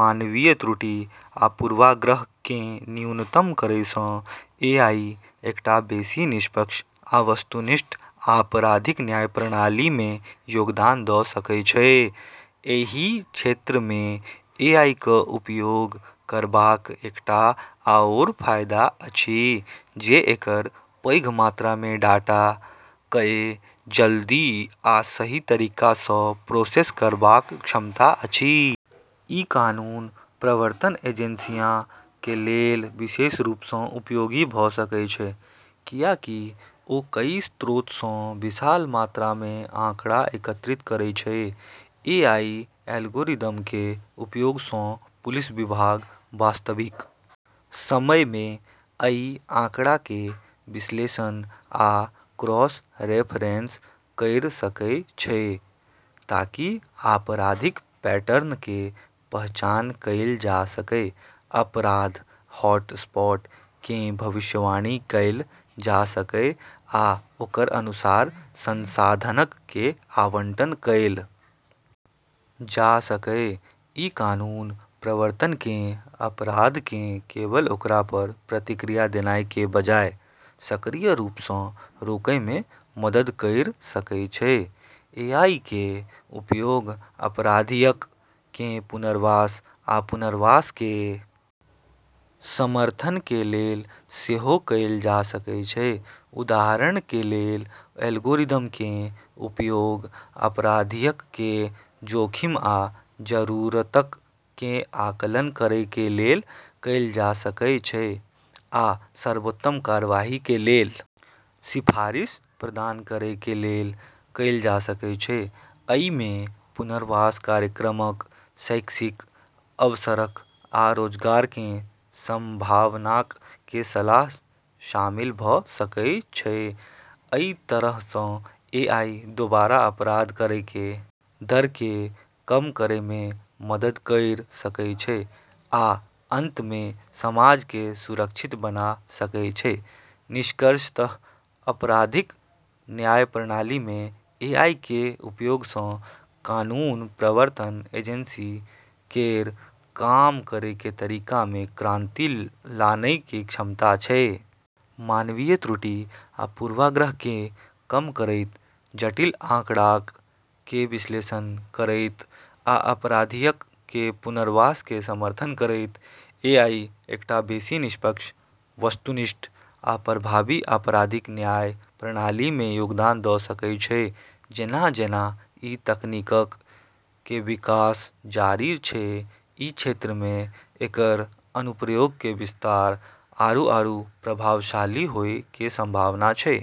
मानवीय त्रुटि आ पूर्वाग्रह कें न्यूनतम करय सं एआई एकटा बेसि निष्पक्ष आ वस्तुनिष्ठ आपराधिक न्याय प्रणाली मे योगदान द सकय छै, एहि क्षेत्र मे एआई क उपयोग करबाक एकटा आओर फायदा अछि जे एकर पैघ मात्रा मे डाटा कए जल्दी आ सही तरीका स प्रोसेस करबाक क्षमता अछि। इ कानून प्रवर्तन एजेंसियॉ कें लेल विशेष रूप सं उपयोगी भ सकय छै, कियाकि ओ कई स्रोत सं विशाल मात्रा मे आंकड़ा एकत्रित करय छै. एआई एल्गोरिदम कें उपयोग सं पुलिस विभाग वास्तविक समय मे अइ आंकड़ा कें विश्लेषण आ क्रॉस-रेफरेंस कयर सकय छै ताकि आपराधिक पैटर्न कें पहचान कैल जा सकय, अपराध हॉटस्पॉट कें भविष्यवाणी कैल जा सकय आ ओकर अनुसार संसाधनक कें आवंटन कैल जा सकय, इ कानून प्रवर्तन कें अपराध कें केवल ओकरा पर प्रतिक्रिया देनाय कें बजाय सक्रिय रूप सं रोकय मे मदद कयर सकय छै, एआई कें उपयोग अपराधियक कें पुनर्वास आ पुनर्वास कें समर्थन कें लेल सेहो कैल जा सकय छै, उदाहरण कें लेल, एल्गोरिदम कें उपयोग अपराधियक कें जोखिम आ जरूरतक कें आकलन करय कें लेल कैल जा सकय छै आ सर्वोत्तम कार्यवाही कें लेल सिफारिश प्रदान करय कें लेल कैल जा सकय छै, अइ मे पुनर्वास कार्यक्रमक, शैक्षिक अवसरक आ रोजगार कें संभावनाक कें सलाह शामिल भ सकएय छै, अइ तरह सं एआई दोबारा अपराध करय कें दर कें कम करय मे मदद कयर सकय छै, आ अंत मे समाज कें सुरक्षित बना सकय छै, निष्कर्षतः आपराधिक न्याय प्रणाली मे एआई के उपयोग स॑ कानून प्रवर्तन एजेंसी केरऽ काम करै के तरीका मे क्रांति लानै के क्षमता छै। मानवीय त्रुटि आ पूर्वाग्रह कें कम करयत, जटिल आंकड़ाक कें विश्लेषण करयत आ अपराधियक कें पुनर्वास कें समर्थन करयत, एआई एकटा बेसि निष्पक्ष, वस्तुनिष्ठ आ प्रभावी आपराधिक न्याय प्रणाली मे योगदान द सकय छै जेना-जेना ई तकनीकऽ के विकास जारी छै, ई क्षेत्र मे एकरऽ अनुप्रयोग के विस्तार आरू आरू प्रभावशाली होय के संभावना छै।